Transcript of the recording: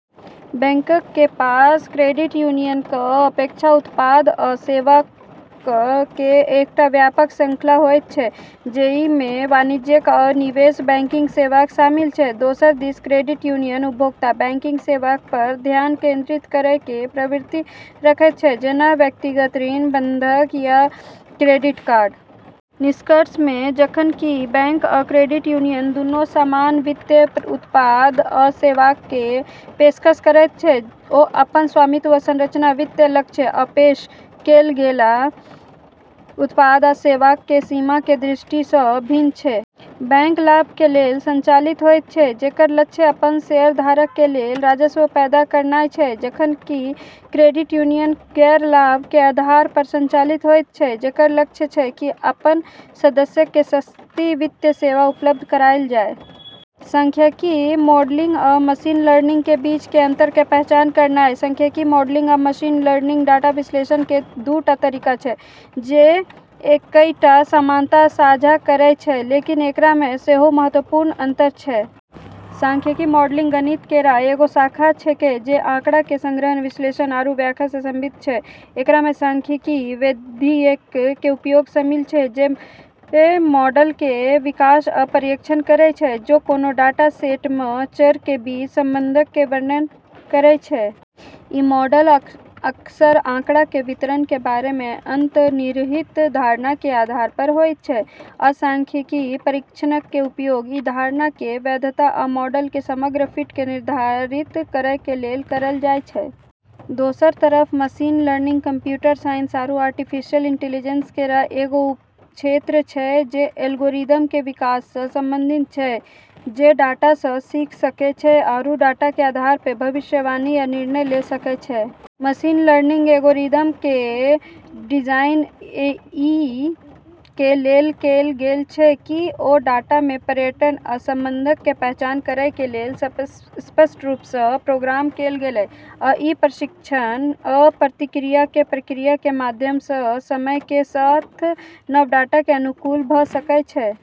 बैंकक कें पास क्रेडिट यूनियनक कें अपेक्षा उत्पाद आ सेवाक कें एकटा व्यापक श्रृंखला होयत छै, जइ मे वाणिज्यिक आ निवेश बैंकिंग सेवाक शामिल छै. दोसर दिस क्रेडिट यूनियन उपभोक्ता बैंकिंग सेवाक पर ध्यान केंद्रित करय कें प्रवृत्ति रखयत छै, जेना व्यक्तिगत ऋण, बंधक आ क्रेडिट कार्ड. निष्कर्ष मे, जखन कि बैंक आ क्रेडिट यूनियन दूनू समान वित्तीय उत्पाद आ सेवाक कें पेशकश करयत छै, ओ अपन स्वामित्व संरचना, वित्तीय लक्ष्य, आ पेश कैल गेल उत्पाद आ सेवाक कें सीमा कें दृष्टि सं भिन्न छै. बैंक लाभ कें लेल संचालित होयत छै, जेकर लक्ष्य अपन शेयरधारक कें लेल राजस्व पैदा करनाय छै, जखन कि क्रेडिट यूनियन गैर-लाभ कें आधार पर संचालित होयत छै, जेकर लक्ष्य छै कि अपन सदस्यक कें सस्ती वित्तीय सेवा उपलब्ध करायल जाय. सांख्यिकीय मॉडलिंग आ मशीन लर्निंग कें बीच अंतर कें पहचान करनाय. सांख्यिकीय मॉडलिंग आ मशीन लर्निंग डाटा विश्लेषण कें दूटा तरीका छै जे कईटा समानता साझा करय छै, लेकिन एकरा मे सेहो महत्वपूर्ण अंतर छै. सांख्यिकीय मॉडलिंग गणित केरऽ एगो शाखा छेकै जे आँकड़ा के संग्रह, विश्लेषण आरू व्याख्या स॑ संबंधित छै। एकरा मे सांख्यिकीय विधियक कें उपयोग शामिल छै जे मॉडल कें विकास आ परीक्षण करय छै जे कोनों डाटा सेट मे चर कें बीच संबंधक कें वर्णन करय छै. इ मॉडल अक्सर आँकड़ा कें वितरण कें बारे मे अंतर्निहित धारणा कें आधार पर होयत छै, आ सांख्यिकीय परीक्षणक कें उपयोग इ धारणा कें वैधता आ मॉडल कें समग्र फिट कें निर्धारित करय कें लेल करल जाय छै. दोसरऽ तरफ मशीन लर्निंग कंप्यूटर साइंस आरू आर्टिफिशियल इंटेलिजेंस केरऽ एगो उपक्षेत्र छै जे एल्गोरिदम के विकास स॑ संबंधित छै जे डाटा स॑ सीख॑ सकै छै आरू डाटा के आधार प॑ भविष्यवाणी या निर्णय ले सकै छै। मशीन लर्निंग एल्गोरिदम कें डिजाइन अइ कें लेल कैल गेल छै की ओ डाटा मे पैटर्न आ संबंधक कें पहचान करय कें लेल स्पष्ट रूप सं प्रोग्राम कैल गेलय, आ इ प्रशिक्षण आ प्रतिक्रिया कें प्रक्रिया कें माध्यम सं समय कें साथ नव डाटा कें अनुकूल भ सकय छै.